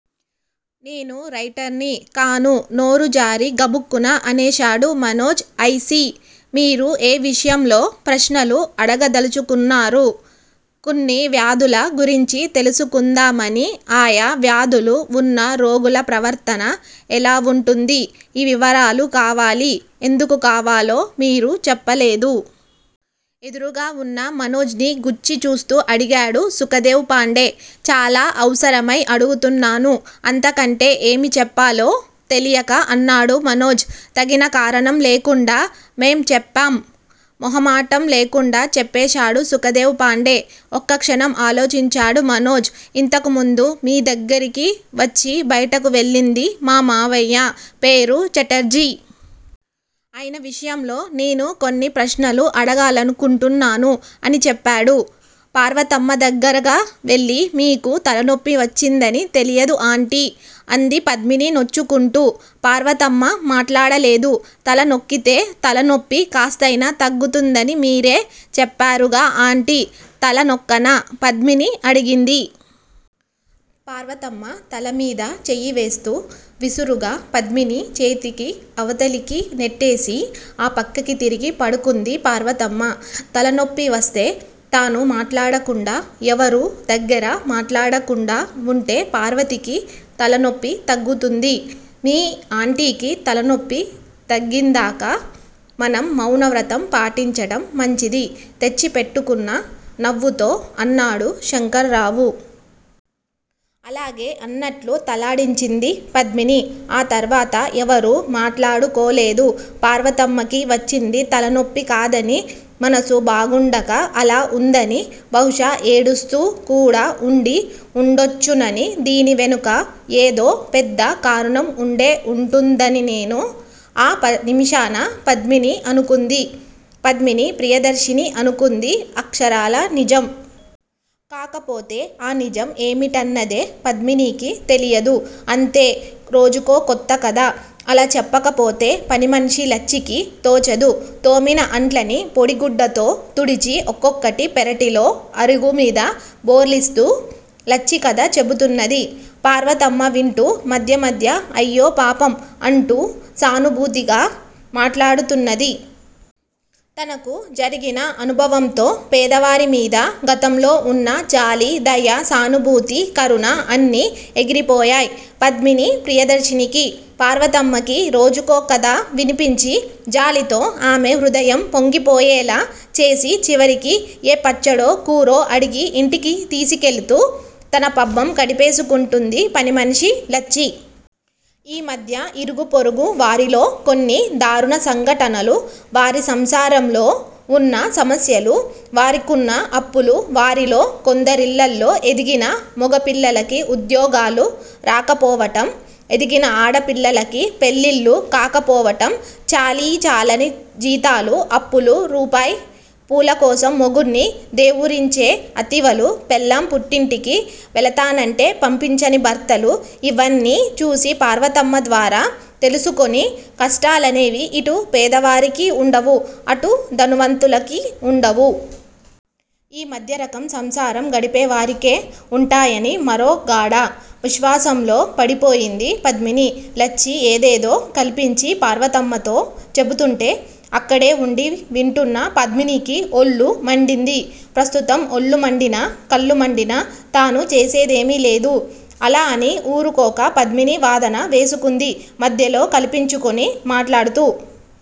నేను రైటర్ ని కాను నోరు జారి గబుక్కున అనేశాడు మనోజ్. ఐ. సీ! మీరు ఏ విషయంలో ప్రశ్నలు అడగదలచుకున్నారు? కొన్ని వ్యాధుల గురించి తెలుసుకుందామని ఆయా వ్యాధులు వున్న రోగుల ప్రవర్తన ఎలా వుంటుంది? ఈ వివరాలు కావాలి! ఎందుకు కావాలో మీరు చెప్పలేదు? ఎదురుగా వున్న మనోజుని గుచ్చి చూస్తూ అడిగాడు సుఖదేవ్ పాండే. చాలా అవసరమై అడుగుతున్నాను అంతకంటే ఏమి చెప్పాలో తెలియక అన్నాడు మనోజు. తగిన కారణం లేకుండా మేం చెప్పం. మొహమాటం లేకుండా చెప్పేశాడు సుఖదేవ్ పాండే. ఒక్కక్షణం ఆలోచించాడు మనోజు. ఇంతకుముందు మీ దగ్గరికి వచ్చి బయటకు వెళ్ళింది మా మావయ్య పేరు ఛటర్జీ. ఆయన విషయంలో నేను కొన్ని ప్రశ్నలు అడగాలనుకుంటున్నాను అని చెప్పాడు. పార్వతమ్మ దగ్గరగా వెళ్ళి మీకు తలనొప్పి వచ్చిందని తెలియదు ఆంటీ! అంది పద్మిని నొచ్చుకుంటూ. పార్వతమ్మ మాట్లాడలేదు. తల నొక్కితే తలనొప్పి కాస్తయినా తగ్గుతుందని మీరే చెప్పారుగా ఆంటీ! తల నొక్కనా! పద్మిని అడిగింది. పార్వతమ్మ తలమీద చేయివేస్తూ. విసురుగా పద్మిని చేతికి అవతలకి నెట్టేసి ఆ పక్కకి తిరిగి పడుకుంది పార్వతమ్మ. తల నొప్పివస్తే తను మాట్లాడకుండా యెవరూ దగ్గర మాట్లాడకుండా వుంటే పార్వతికి తలనొప్పి తగ్గుతుంది. మీ ఆంటీకి తలనొప్పి తగ్గిందాకా మనం మౌనవ్రతం పాటించటం మంచిది తెచ్చి పెట్టుకున్న నవ్వుతో అన్నాడు శంకర్రావు. అలాగే అన్నట్లు తలాడించింది పద్మిని. ఆ తర్వాత ఎవరూ మాట్లాడుకోలేదు. పార్వతమ్మకి వచ్చింది తలనొప్పి కాదని మనసు బాగుండక అలా ఉందని బహుశా ఏడుస్తూ కూడా ఉండి ఉండొచ్చుననీ దీని వెనుక యేదో పెద్ద కారణం ఉండే ఉంటుందనీను ఆ నిమిషాన పద్మిని అనుకుంది. పద్మిని ప్రియదర్శిని అనుకుంది అక్షరాల నిజం. కాకపోతే ఆ నిజం యేమిటన్నదే పద్మినికి తెలియదు. అంతే! రోజుకో కొత్త కథ. అలా చెప్పకపోతే పనిమనిషి లచ్చికి తోచదు. తోమిన అంట్లని పొడిగుడ్డతో తుడిచి ఒక్కొక్కటి పెరటిలో అరుగుమీద బోర్లిస్తూ లచ్చి కథ చెబుతున్నది. పార్వతమ్మ వింటూ మధ్య మధ్య అయ్యో పాపం! అంటూ సానుభూతిగా మాటాడుతున్నది. తనకు జరిగిన అనుభవంతో పేదవారిమీద గతంలో ఉన్న జాలి, దయ, సానుభూతి, కరుణ అన్నీ ఎగిరిపోయాయ్ పద్మిని ప్రియదర్శినికి. పార్వతమ్మకి రోజుకో కథ వినిపించి జాలితో ఆమె హృదయం పొంగిపోయేలా చేసి చివరికి యే పచ్చడో, కూరో అడిగి ఇంటికి తీసుకెళుతూ తన పబ్బం గడిపేసుకుంటుంది పనిమనిషి లచ్చి. ఈ మధ్య ఇరుగు పొరుగు వారిలో కొన్ని దారుణ సంఘటనలు, వారి సంసారంలో వున్న సమస్యలు, వారికున్న అప్పులు, వారిలో కొందరిళ్ళలో ఎదిగిన మొగపిల్లలకి ఉద్యోగాలు రాకపోవటం. ఎదిగిన ఆడపిల్లలకి పెళ్ళిళ్ళు కాకపోవటం, చాలీచాలని జీతాలు అప్పులు రూపాయి పూలకోసం మొగుడ్ని దేవురించే అతివలు పెళ్ళాం పుట్టింటికి వెళతానంటే పంపించని భర్తలు ఇవన్నీ చూసి పార్వతమ్మ ద్వారా తెలుసుకొని కష్టాలనేవి ఇటు పేదవారికి ఉండవు అటు ధనవంతులకీ ఉండవు. ఈ మధ్యరకం సంసారం గడిపేవారికే ఉంటాయని మరో గాఢ విశ్వాసములో పడిపోయింది పద్మిని. లచ్చి యేదేదో కల్పించి పార్వతమ్మతో చెబుతూంటే అక్కడే ఉండి వింటున్న పద్మినికి ఒళ్ళు మండింది. ప్రస్తుతం ఒళ్ళు మండినా, కళ్ళు మండినా తను చేసేదేమీలేదు. అలా అని ఊరుకోక పద్మిని వాదన వేసుకుంది మధ్యలో కల్పించుకొని మాట్లాడుతూ.